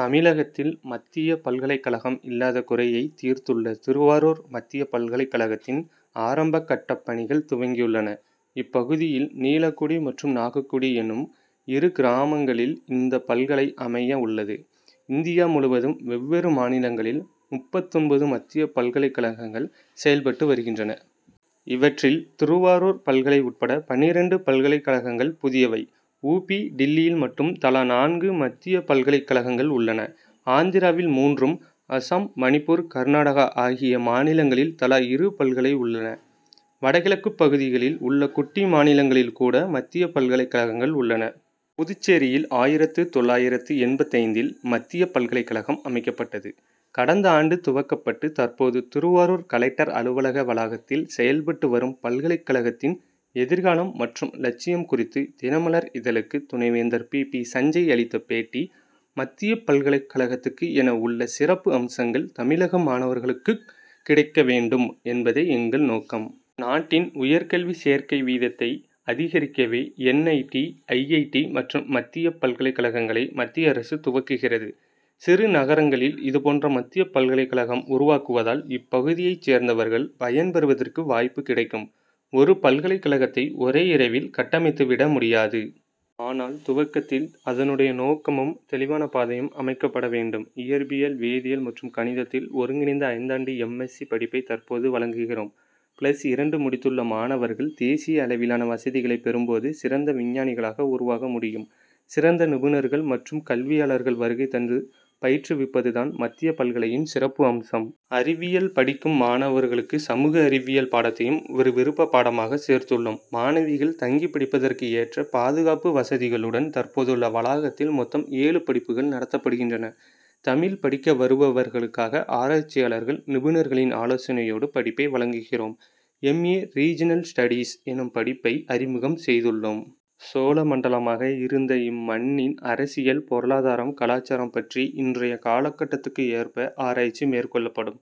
தமிழகத்தில் மத்திய பல்கலைக்கழகம் இல்லாத குறையை தீர்த்துள்ள திருவாரூர் மத்திய பல்கலைக்கழகத்தின் ஆரம்ப கட்டப் பணிகள் துவங்கியுள்ளன. இப்பகுதியில் நீலக்குடி மற்றும் நாகக்குடி எனும் இரு கிராமங்களில் இந்த பல்கலை அமைய உள்ளது. இந்தியா முழுவதும் வெவ்வேறு மாநிலங்களில் முப்பத்தொன்பது மத்திய பல்கலைக்கழகங்கள் செயல்பட்டு வருகின்றன. இவற்றில் திருவாரூர் பல்கலை உள்பட பன்னிரண்டு பல்கலைக்கழகங்கள் புதியவை. உ. பி. டில்லியில் மட்டும் தலா நான்கு மத்திய பல்கலைக்கழகங்கள் உள்ளன. ஆந்திராவில் மூன்றும் அசாம் மணிப்பூர் கர்நாடகா ஆகிய மாநிலங்களில் தலா இரு பல்கலை உள்ளன. வடகிழக்குப் பகுதிகளில் உள்ள குட்டி மாநிலங்களில் கூட மத்திய பல்கலைக்கழகங்கள் உள்ளன. புதுச்சேரியில் ஆயிரத்து தொள்ளாயிரத்து எண்பத்தைந்தில் மத்திய பல்கலைக்கழகம் அமைக்கப்பட்டது. கடந்த ஆண்டு துவக்கப்பட்டு தற்போது திருவாரூர் கலெக்டர் அலுவலக வளாகத்தில் செயல்பட்டு வரும் பல்கலைக்கழகத்தின் எதிர்காலம் மற்றும் லட்சியம் குறித்து தினமலர் இதழுக்கு துணைவேந்தர் பி. பி. சஞ்சய் அளித்த பேட்டி மத்தியப் பல்கலைக்கழகத்துக்கு என உள்ள சிறப்பு அம்சங்கள் தமிழக மாணவர்களுக்குக் கிடைக்க வேண்டும் என்பதே எங்கள் நோக்கம். நாட்டின் உயர்கல்வி சேர்க்கை வீதத்தை அதிகரிக்கவே N. I. T. I. I. T. மற்றும் மத்தியப் பல்கலைக்கழகங்களை மத்திய அரசு துவக்குகிறது. சிறு நகரங்களில் இதுபோன்ற மத்தியப் பல்கலைக்கழகம் உருவாக்குவதால் இப்பகுதியைச் சேர்ந்தவர்கள் பயன் பெறுவதற்கு வாய்ப்பு கிடைக்கும். ஒரு பல்கலைக்கழகத்தை ஒரே இரவில் கட்டமைத்துவிட முடியாது. ஆனால் துவக்கத்தில் அதனுடைய நோக்கமும் தெளிவான பாதையும் அமைக்கப்பட வேண்டும். இயற்பியல் வேதியியல் மற்றும் கணிதத்தில் ஒருங்கிணைந்த ஐந்தாண்டு எம். எஸ்சி. படிப்பை தற்போது வழங்குகிறோம். பிளஸ் இரண்டு முடித்துள்ள மாணவர்கள் தேசிய அளவிலான வசதிகளை பெறும் போது சிறந்த விஞ்ஞானிகளாக உருவாக முடியும். சிறந்த நிபுணர்கள் மற்றும் கல்வியாளர்கள் வருகை தந்து பயிற்றுவிப்பதுதான் மத்திய பல்கலையின் சிறப்பு அம்சம். அறிவியல் படிக்கும் மாணவர்களுக்கு சமூக அறிவியல் பாடத்தையும் ஒரு விருப்பப் பாடமாக சேர்த்துள்ளோம். மாணவிகள் தங்கி படிப்பதற்கு ஏற்ற பாதுகாப்பு வசதிகளுடன் தற்போதுள்ள வளாகத்தில் மொத்தம் ஏழு படிப்புகள் நடத்தப்படுகின்றன. தமிழ்ப் படிக்க வருபவர்களுக்காக ஆராய்ச்சியாளர்கள் நிபுணர்களின் ஆலோசனையோடு படிப்பை வழங்குகிறோம். எம். ஏ. ரீஜினல் ஸ்டடீஸ் எனும் படிப்பை அறிமுகம் செய்துள்ளோம். சோழ மண்டலமாக இருந்த இம்மண்ணின் அரசியல் பொருளாதாரம் கலாசாரம் பற்றி இன்றைய காலகட்டத்துக்கு ஏற்ப ஆராய்ச்சி மேற்கொள்ளப்படும்.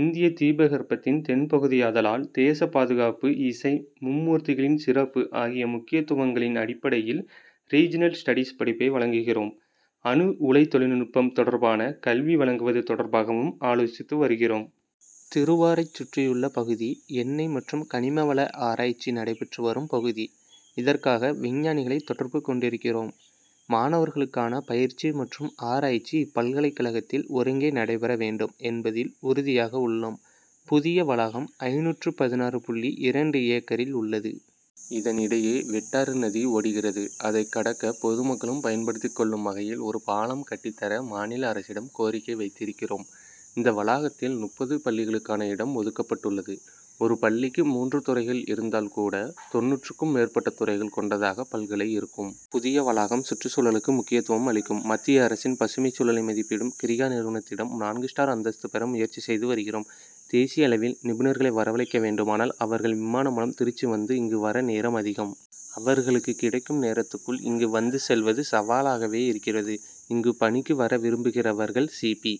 இந்திய தீபகற்பத்தின் தென் பகுதியாதலால் தேசப் பாதுகாப்பு இசை மும் மூர்த்திகளின் சிறப்பு ஆகிய முக்கியத்துவங்களின் அடிப்படையில் ரீஜினல் ஸ்டடீஸ் படிப்பை வழங்குகிறோம். அணு உலை தொழில்நுட்பம் தொடர்பான கல்வி வழங்குவது தொடர்பாகவும் ஆலோசித்து வருகிறோம். திருவாரூரைச் சுற்றியுள்ள பகுதி எண்ணெய் மற்றும் கனிம வள ஆராய்ச்சி நடைபெற்று வரும் பகுதி. இதற்காக விஞ்ஞானிகளை தொடர்பு கொண்டிருக்கிறோம். மாணவர்களுக்கான பயிற்சி மற்றும் ஆராய்ச்சி இப்பல்கலைக்கழகத்தில் ஒருங்கே நடைபெற வேண்டும் என்பதில் உறுதியாக உள்ளோம். புதிய வளாகம் ஐநூற்று பதினாறு புள்ளி இரண்டு ஏக்கரில் உள்ளது. இதன் இடையே வெட்டாறு நதி ஓடுகிறது. அதைக்கடக்க பொதுமக்களும் பயன்படுத்திக் கொள்ளும் வகையில் ஒரு பாலம் கட்டித்தர மாநில அரசிடம் கோரிக்கை வைத்திருக்கிறோம். இந்த வளாகத்தில் முப்பது பள்ளிகளுக்கான இடம் ஒதுக்கப்பட்டுள்ளது. ஒரு பள்ளிக்கு மூன்று துறைகள் இருந்தால் கூட தொண்ணூறுக்கும் மேற்பட்ட துறைகள் கொண்டதாக பல்கலை இருக்கும். புதிய வளாகம் சுற்றுச்சூழலுக்கு முக்கியத்துவம் அளிக்கும். மத்திய அரசின் பசுமைச் சூழலை மதிப்பிடும் கிரிஹா நிறுவனத்திடம் நான்கு ஸ்டார் அந்தஸ்து பெற முயற்சி செய்து வருகிறோம். தேசிய அளவில் நிபுணர்களை வரவழைக்க வேண்டுமானால் அவர்கள் விமானம் மூலம் திருச்சி வந்து இங்கு வர நேரம் அதிகம். அவர்களுக்கு கிடைக்கும் நேரத்துக்குள் இங்கு வந்து செல்வது சவாலாகவே இருக்கிறது. இங்கு பணிக்கு வரவிரும்புகிறவர்கள் சி. பி.